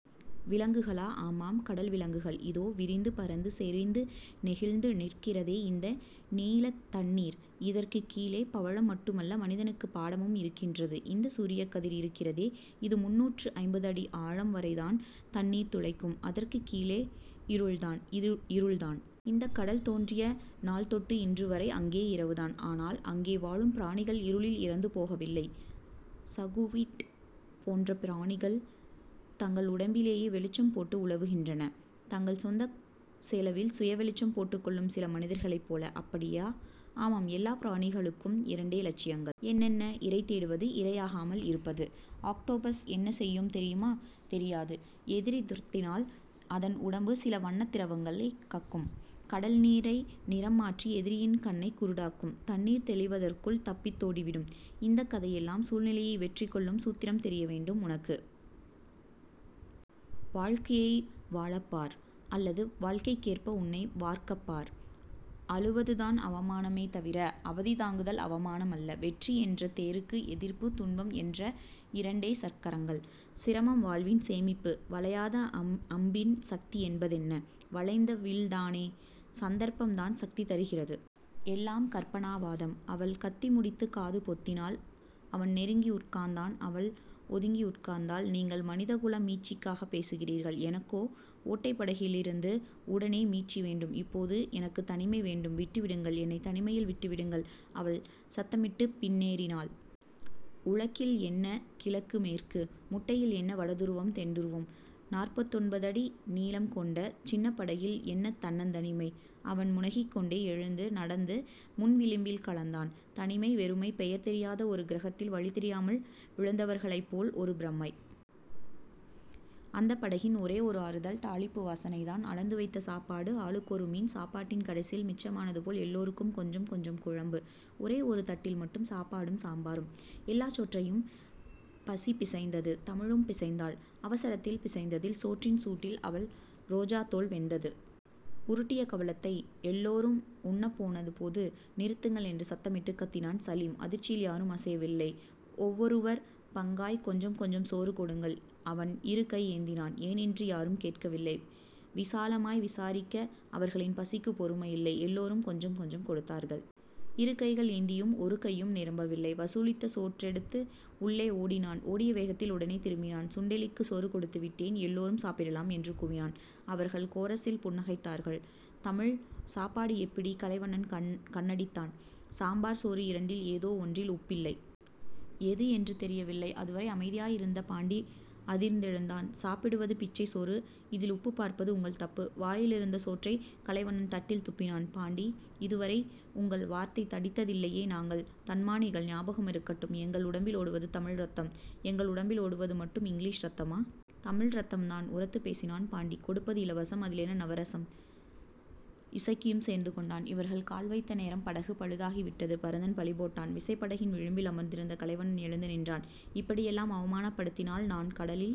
விலங்குகளா? ஆமாம். கடல் விலங்குகள். இதோ, விரிந்து பரந்து செறிந்து நெகிழ்ந்து நிற்கிறதே இந்த நீலத்தண்ணீர்... இதற்குக் கீழே பவளம் மட்டுமல்ல. மனிதனுக்குப் பாடமும் இருக்கின்றது. இந்தச் சூரியக்கதிர் இருக்கிறதே, இது முந்நூற்று ஐம்பது அடி ஆழம் வரைதான் தண்ணீர்துளைக்கும். அதற்குக் கீழே இருள்தான். இருள்தான். இந்தக் கடல் தோன்றிய நாள்தொட்டு இன்றுவரை அங்கே இரவுதான். ஆனால், அங்கே வாழும் பிராணிகள் இருளில் இறந்து போகவில்லை. ஸகுவிட்போன்ற பிராணிகள், தங்கள் உடம்பிலேயே வெளிச்சம் போட்டு உலவுகின்றன தங்கள் சொந்தச் செலவில் சுயவெளிச்சம் போட்டுக்கொள்ளும் சில மனிதர்களைப்போல. அப்படியா? ஆமாம். எல்லாப் பிராணிகளுக்கும் இரண்டே லட்சியங்கள். என்னென்ன? இரை தேடுவது. இரையாகாமல் இருப்பது. ஆக்டோபஸ் என்ன செய்யும் தெரியுமா? தெரியாது. எதிரி துரத்தினால் அதன் உடம்பு சில வண்ணத் திரவங்களை கக்கும். கடல் நீரை நிறம்மாற்றி எதிரியின் கண்ணைக் குருடாக்கும். தண்ணீர் தெளிவதற்குள் தப்பித்தோடிவிடும். இந்தக் கதையெல்லாம் சூழ்நிலையை வெற்றி கொள்ளும் சூத்திரம் தெரிய வேண்டும் உனக்கு. வாழ்க்கையை வாழப்பார். அல்லது வாழ்க்கைக்கேற்ப உன்னை வார்க்கப்பார். அழுவதுதான் அவமானமே தவிர அவதி தாங்குதல் அவமானம் அல்ல. வெற்றி என்ற தேருக்கு எதிர்ப்பு, துன்பம் என்ற இரண்டே சக்கரங்கள். சிரமம் வாழ்வின் சேமிப்பு. வளையாத அம்அம்பின் சக்தி என்பதென்ன? வளைந்த வில்தானே. சந்தர்ப்பம்தான் சக்தி தருகிறது. எல்லாம் கற்பனாவாதம். அவள் கத்திமுடித்துக் காது பொத்தினாள். அவன் நெருங்கி உட்கார்ந்தான். அவள் ஒதுங்கி உட்கார்ந்தாள். நீங்கள் மனிதகுல மீட்சிக்காகப் பேசுகிறீர்கள். எனக்கோ ஓட்டைப் படகிலிருந்து உடனே மீட்சி வேண்டும். இப்போது எனக்குத் தனிமை வேண்டும். விட்டுவிடுங்கள். என்னைத் தனிமையில் விட்டுவிடுங்கள். அவள் சத்தமிட்டுப் பின்னேறினாள். உழக்கில் என்ன கிழக்கு மேற்கு? முட்டையில் என்ன வட துருவம் தென் துருவம்? நாற்பத்தொன்பதடி நீளம் கொண்ட சின்னப் படகில் என்ன தன்னந்தனிமை? அவன் முனகிக்கொண்டே எழுந்து நடந்து முன்விளிம்பில் கலந்தான். தனிமை. வெறுமை. பெயர் தெரியாத ஒரு கிரகத்தில் வழிதெரியாமல் விழுந்தவர்களைப்போல் ஒரு பிரமை. அந்தப் படகின் ஒரே ஓர் ஆறுதல் தாளிப்பு வாசனைதான். அளந்து வைத்த சாப்பாடு. ஆளுக்கொரு மீன். சாப்பாட்டின் கடைசியில் மிச்சமானது போல் எல்லோருக்கும் கொஞ்சம் கொஞ்சம் குழம்பு. ஒரே ஒரு தட்டில் மட்டும் சாப்பாடும் சாம்பாரும். எல்லாச் சோற்றையும் பசிபிசைந்தது. தமிழும் பிசைந்தாள். அவசரத்தில் பிசைந்ததில் சோற்றின் சூட்டில் அவள் ரோஜாத்தோல் வெந்தது. உருட்டிய கவளத்தை எல்லோரும் உண்ணப்போனபோது நிறுத்துங்கள் என்று சத்தமிட்டுக் கத்தினான் சலீம். அதிர்ச்சியில் யாரும் அசையவில்லை. ஒவ்வொருவர் பங்காய்க் கொஞ்சம் கொஞ்சம் சோறு கொடுங்கள். அவன் இரு கை ஏந்தினான். ஏனென்று யாரும் கேட்கவில்லை. விசாலமாய் விசாரிக்க அவர்களின் பசிக்குப் பொறுமை இல்லை. எல்லோரும் கொஞ்சம் கொஞ்சம் கொடுத்தார்கள். இரு கைகள் ஏந்தியும் ஒரு கையும் நிரம்பவில்லை. வசூலித்த சோற்றெடுத்து உள்ளே ஓடினான். ஓடிய வேகத்தில் உடனே திரும்பினான். சுண்டெலிக்குச் சோறு கொடுத்துவிட்டேன். எல்லோரும் சாப்பிடலாம் என்று கூவினான். அவர்கள் கோரஸில் புன்னகைத்தார்கள். தமிழ். சாப்பாடு எப்படி? கலைவண்ணன் கண்ணடித்தான். சாம்பார் சோறு இரண்டில் ஏதோ ஒன்றில் உப்பில்லை. எது என்று தெரியவில்லை. அதுவரை அமைதியாயிருந்த பாண்டி அதிர்ந்தெழுந்தான். சாப்பிடுவது பிச்சைச் சோறு. இதில் உப்புப் பார்ப்பது உங்கள் தப்பு. வாயிலிருந்த சோற்றைக் கலைவண்ணன் தட்டில் துப்பினான். பாண்டி. இதுவரை உங்கள் வார்த்தை தடித்ததில்லையே. நாங்கள் தன்மானிகள். ஞாபகமிருக்கட்டும். எங்கள் உடம்பில் ஓடுவது தமிழ்ரத்தம். எங்கள் உடம்பில் ஓடுவது மட்டும் இங்கிலீஷ் ரத்தமா? தமிழ்ரத்தம்தான். உரத்துப்பேசினான் பாண்டி. கொடுப்பது இலவசம். அதிலென்ன நவரசம்? இசக்கியும் சேர்ந்து கொண்டான். இவர்கள் கால்வைத்த நேரம் படகு பழுதாகிவிட்டது. பரதன் பழிபோட்டான். விசைப்படகின் விளிம்பில் அமர்ந்திருந்த கலைவண்ணன் எழுந்து நின்றான். இப்படியெல்லாம் அவமானப்படுத்தினால் நான் கடலில்